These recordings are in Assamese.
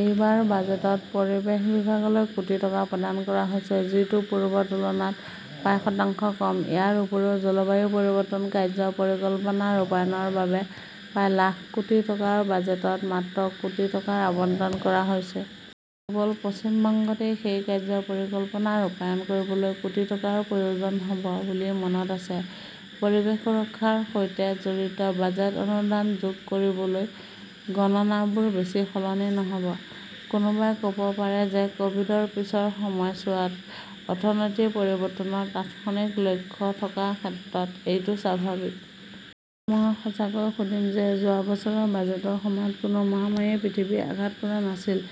এইবাৰ বাজেটত পৰিৱেশ বিভাগলৈ কোটি টকা প্ৰদান কৰা হৈছে, যিটো পূৰ্বৰ তুলনাত প্ৰায় শতাংশ কম ।ইয়াৰ উপৰিও জলবায়ু পৰিৱৰ্তন কাৰ্য্য পৰিকল্পনাৰ ৰূপায়ণৰ বাবে প্ৰায় লাখ কোটি টকাৰ বাজেটত মাত্ৰ কোটি টকা আবণ্টন কৰা হৈছে। কেৱল পশ্চিম বংগতে সেই কাৰ্য্য পৰিকল্পনা ৰূপায়ণ কৰিবলৈ কোটি টকাৰ প্ৰয়োজন হ'ব বুলি মনত আছে। পৰিৱেশ সুৰক্ষাৰ সৈতে জড়িত বাজেট অনুদান যোগ কৰিলে গণনাবোৰ বেছি সলনি নহ 'ব। কোনোবাই ক'ব পাৰে যে ক'ভিডৰ পিছৰ সময়ছোৱাত অৰ্থনীতিৰ পৰিৱৰ্তনৰ তাৎক্ষণিক লক্ষ্য থকাৰ ক্ষেত্ৰত এইটো স্বাভাৱিক। মই সঁচাকৈয়ে সুধিম যে যোৱা বছৰৰ বাজেটৰ সময়ত কোনো মহামাৰীয়ে পৃথিৱীত আঘাত কৰা নাছিল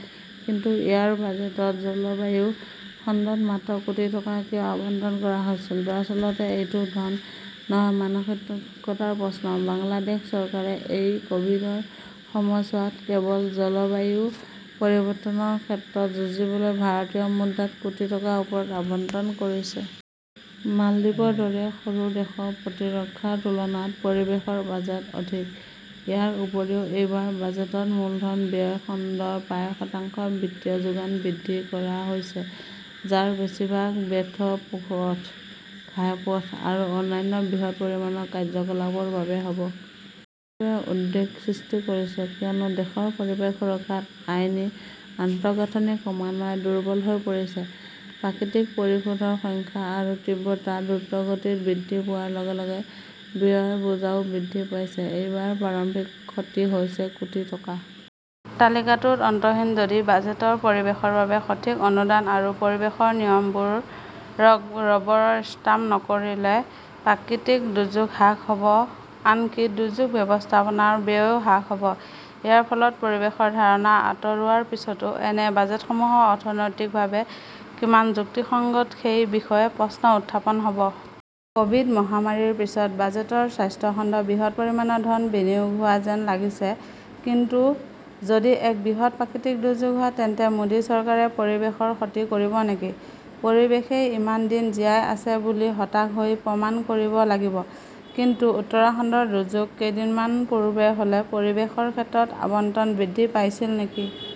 কিন্তু ইয়াৰ বাজেটত জলবায়ু খণ্ডত মাত্ৰ কোটি টকা কিয় আবণ্টন কৰা হৈছিল? দৰাচলতে এইটো ধন নহয় মানসিকতাৰ প্ৰশ্ন। বাংলাদেশ চৰকাৰে এই ক'ভিডৰ সময়ছোৱাত কেৱল জলবায়ু পৰিৱৰ্তনৰ ক্ষেত্ৰত যুঁজিবলৈ ভাৰতীয় মুদ্ৰাত কোটি টকাৰ ওপৰত আবণ্টন কৰিছে। মালদ্বীপৰ দৰে সৰু দেশত প্ৰতিৰক্ষাৰ তুলনাত পৰিৱেশৰ বাজেট অধিক। ইয়াৰ উপৰিও এইবাৰ বাজেটত মূলধন ব্যয় খণ্ডত প্ৰায় শতাংশ বিত্তীয় যোগান বৃদ্ধি কৰা হৈছে, যাৰ বেছিভাগ ব্যয় পথ, ঘাইপথ আৰু অন্যান্য বৃহৎ নিৰ্মাণ কাৰ্যকলাপৰ বাবে হ' ব। বিষয়টোৱে উদ্বেগ সৃষ্টি কৰিছে, কিয়নো দেশৰ পৰিৱেশ সুৰক্ষাৰ আইনী আন্তঃগাঁথনি ক্ৰমান্বয়ে দুৰ্বল হৈ পৰিছে। প্ৰকৃতিৰ প্ৰতিশোধৰ সংখ্যা আৰু তীব্ৰতা দ্ৰুতগতিত বৃদ্ধি পোৱাৰ লগে- লগে ব্যয়ৰ বোজাও বৃদ্ধি পাইছে। এইবাৰ প্ৰাৰম্ভিক ক্ষতি হৈছে কোটি টকা। তালিকাটো অন্তহীন যদি বাজেটত পৰিৱেশৰ বাবে সঠিক অনুদান থাকে পৰিৱেশৰ নিয়মবোৰক ৰবৰ ষ্টাম্প নকৰিলে, প্ৰাকৃতিক দুৰ্যোগ হ্ৰাস হ 'ব আনকি দুৰ্যোগ ব্যৱস্থাপনাৰ ব্যয়ও হ্ৰাস হ' ব। ইয়াৰ ফলত পৰিৱেশৰ ধাৰণা আঁতৰোৱাৰ পিছতো এনে বাজেটসমূহ অৰ্থনৈতিকভাৱে কিমান যুক্তিসংগত সেই বিষয়ে প্ৰশ্ন উত্থাপন হ'ব। ক'ভিড মহামাৰীৰ পিছত বাজেটত স্বাস্থ্য খণ্ডত বৃহৎ পৰিমাণৰ ধন বিনিয়োগ হোৱা যেন লাগিছে কিন্তু যদি এক বৃহৎ প্ৰাকৃতিক দুৰ্যোগ হয় তেন্তে মোদী চৰকাৰে পৰিৱেশৰ ক্ষতি কৰিব নেকি? পৰিৱেশেই ইমান দিন জীয়াই আছে বুলি হতাশ হৈ প্ৰমাণ কৰিব লাগিব কিন্তু উত্তৰাখণ্ডৰ দুৰ্যোগ কেইদিনমান পূৰ্বে হ'লে পৰিৱেশৰ ক্ষেত্ৰত আবণ্টন বৃদ্ধি পাইছিল নেকি?